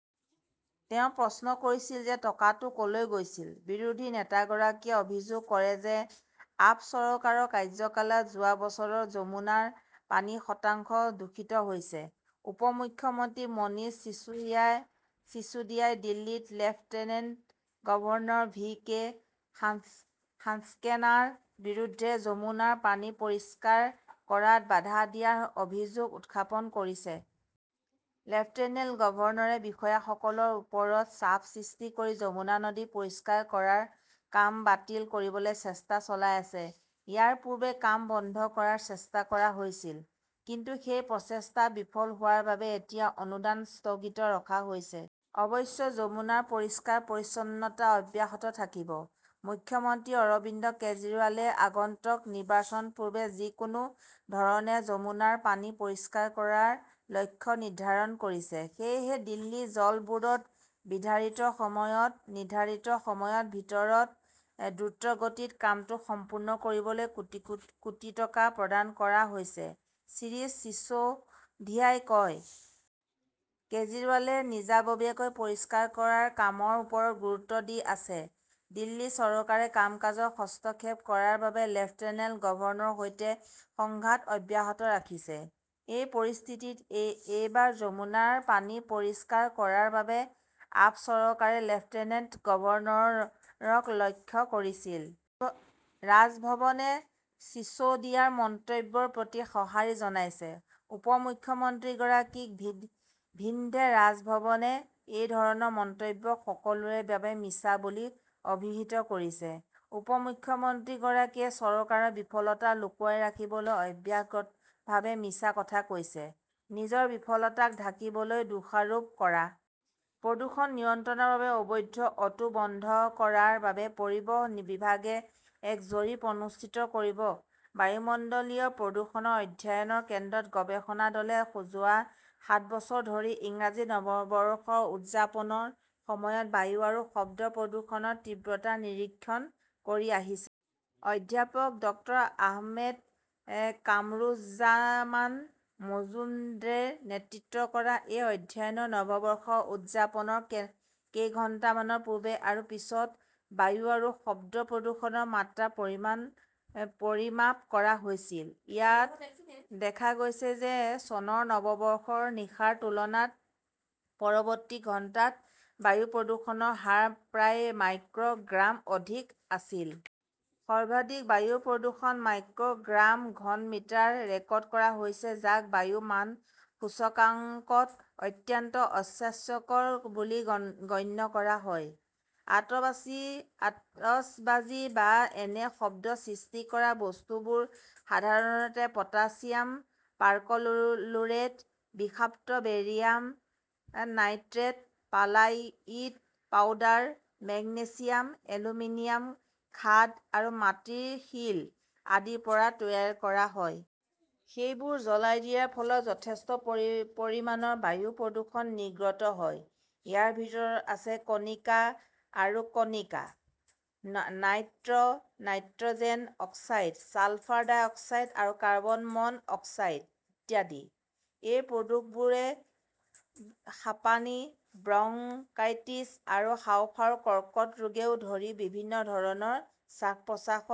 তেওঁ প্ৰশ্ন কৰিছিল যে টকাটো ক "লৈ গৈছিল। বিৰোধী নেতা গৰাকীয়ে অভিযোগ কৰে যে আপ চৰকাৰৰ কাৰ্যকালত যোৱা বছৰত যমুনাৰ পানী শতাংশ দূষিত হৈছে। উপ মুখ্যমন্ত্ৰী মনীষ চিচোদিয়াই দিল্লীৰ লেফটেনেণ্ট গভৰ্ণৰ ভি কে সাক্সেনাৰ বিৰুদ্ধে যমুনাৰ পানী পৰিষ্কাৰ কৰাত বাধা দিয়াৰ অভিযোগ উত্থাপন কৰিছে। "লেফটেনেণ্ট গভৰ্ণৰে বিষয়াসকলৰ ওপৰত চাপ সৃষ্টি কৰি যমুনা নদী পৰিষ্কাৰ কৰাৰ কাম বাতিল কৰিবলৈ চেষ্টা চলাই আছে। ইয়াৰ পূৰ্বে কাম বন্ধ কৰাৰ চেষ্টা কৰা হৈছিল। কিন্তু সেই প্ৰচেষ্টা বিফল হোৱাৰ বাবে এতিয়া অনুদান স্থগিত ৰখা হৈছে। অৱশ্যে যমুনাৰ পৰিষ্কাৰ-পৰিচ্ছন্নতা অব্যাহত থাকিব। "মুখ্যমন্ত্ৰী অৰবিন্দ কেজৰিৱালে আগন্তুক নিৰ্বাচনৰ পূৰ্বে যিকোনো ধৰণে যমুনাৰ পানী পৰিষ্কাৰ কৰাৰ লক্ষ্য নিৰ্ধাৰণ কৰিছে। সেয়েহে দিল্লী জল বোৰ্ডক নিৰ্ধাৰিত সময়ৰ ভিতৰত দ্ৰুতগতিত কামটো সম্পূৰ্ণ কৰিবলৈ কোটি টকা প্ৰদান কৰা হৈছে, শ্ৰী চিচৌধিয়াই কয়। কেজৰিৱালে নিজাববীয়াকৈ পৰিষ্কাৰ কৰাৰ কামৰ ওপৰত গুৰুত্ব দি আছে। দিল্লী চৰকাৰে কাম-কাজত হস্তক্ষেপ কৰাৰ বাবে লেফটেনেণ্ট গভৰ্ণৰৰ সৈতে সংঘাত অব্যাহত ৰাখিছে। এই পৰিস্থিতিত এইবাৰ যমুনাৰ পানী পৰিষ্কাৰ কৰাৰ বাবে আপ চৰকাৰে লেফটেনেণ্ট গভৰ্ণৰক লক্ষ্য কৰিছিল। ৰাজভৱনে চিছৌদিয়াৰ মন্তব্যৰ প্ৰতি সঁহাৰি জনাইছে। উপ মুখ্যমন্ত্ৰীগৰাকীক ভিন্ধে ৰাজভৱনে এই ধৰণৰ মন্তব্যক সকলোৰে বাবে মিছা বুলি অভিহিত কৰিছে। উপ মুখ্যমন্ত্ৰীগৰাকীয়ে চৰকাৰৰ বিফলতা লুকুৱাই ৰাখিবলৈ অভ্যাসগতভাৱে মিছা কথা কৈছে। নিজৰ বিফলতাক ঢাকিবলৈ দোষাৰোপ কৰা। প্ৰদূষণ নিয়ন্ত্ৰণৰ বাবে অবৈধ অটো বন্ধ কৰাৰ বাবে পৰিবহণ বিভাগে এক জৰীপ অনুষ্ঠিত কৰিব বায়ুমণ্ডলীয় প্ৰদূষণ অধ্যয়ন কেন্দ্ৰৰ গৱেষণা দলে যোৱা সাত বছৰ ধৰি ইংৰাজী নৱবৰ্ষ উদযাপনৰ সময়ত বায়ু আৰু শব্দ প্ৰদূষণৰ তীব্ৰতা নিৰীক্ষণ কৰি আহিছে। অধ্যাপক ড আহমেদ কামৰুজ্জামান মজমুদ্ৰেৰ নেতৃত্বত কৰা এই অধ্যয়নত নৱবৰ্ষ উদযাপনৰ কেইঘণ্টামান পূৰ্বে আৰু পিছত বায়ু আৰু শব্দ প্ৰদূষণৰ মাত্ৰা পৰিমাপ কৰা হৈছিল। ইয়াত দেখা গৈছে যে চনৰ নৱবৰ্ষৰ নিশাৰ তুলনাত পৰৱৰ্তী ঘণ্টাত বায়ু প্ৰদূষণৰ হাৰ প্ৰায় মাইক্ৰ "গ্ৰাম অধিক আছিল। সৰ্বাধিক বায়ু প্ৰদূষণ মাইক্ৰ "গ্ৰাম/ঘন মিটাৰত ৰেকৰ্ড কৰা হৈছে যাক বায়ু মান সূচকাংকত অত্যন্ত অস্বাস্থ্যকৰ বুলি গণ্য কৰা হয়। আতচবাজী, আতচবাজী বা এনে শব্দ সৃষ্টি কৰা বস্তুবোৰ সাধাৰণতে পটাছিয়াম পাৰ্কলোৰেট, বিষাক্ত barium nitrate, perlite powder, magnesium, aluminium খাদ আৰু মাটিৰ শিল আদিৰ পৰা তৈয়াৰ কৰা হয়। সেইবোৰ জ্বলাই দিয়াৰ ফলত যথেষ্ট পৰিমাণৰ বায়ু প্ৰদূষক নিৰ্গত হয়। ইয়াৰ ভিতৰত আছে কণিকা আৰু কণিকা, "nitrogen oxide, sulphur dioxide আৰু কাৰ্বন মন" অক্সাইড ইত্যাদি। এই প্ৰদূষকবোৰে হাঁপানি, ব্ৰংকাইটিছ আৰু হাঁওফাঁওৰ কৰ্কট ৰোগকে ধৰি বিভিন্ন ধৰণৰ শ্বাস-প্ৰশ্বাসৰ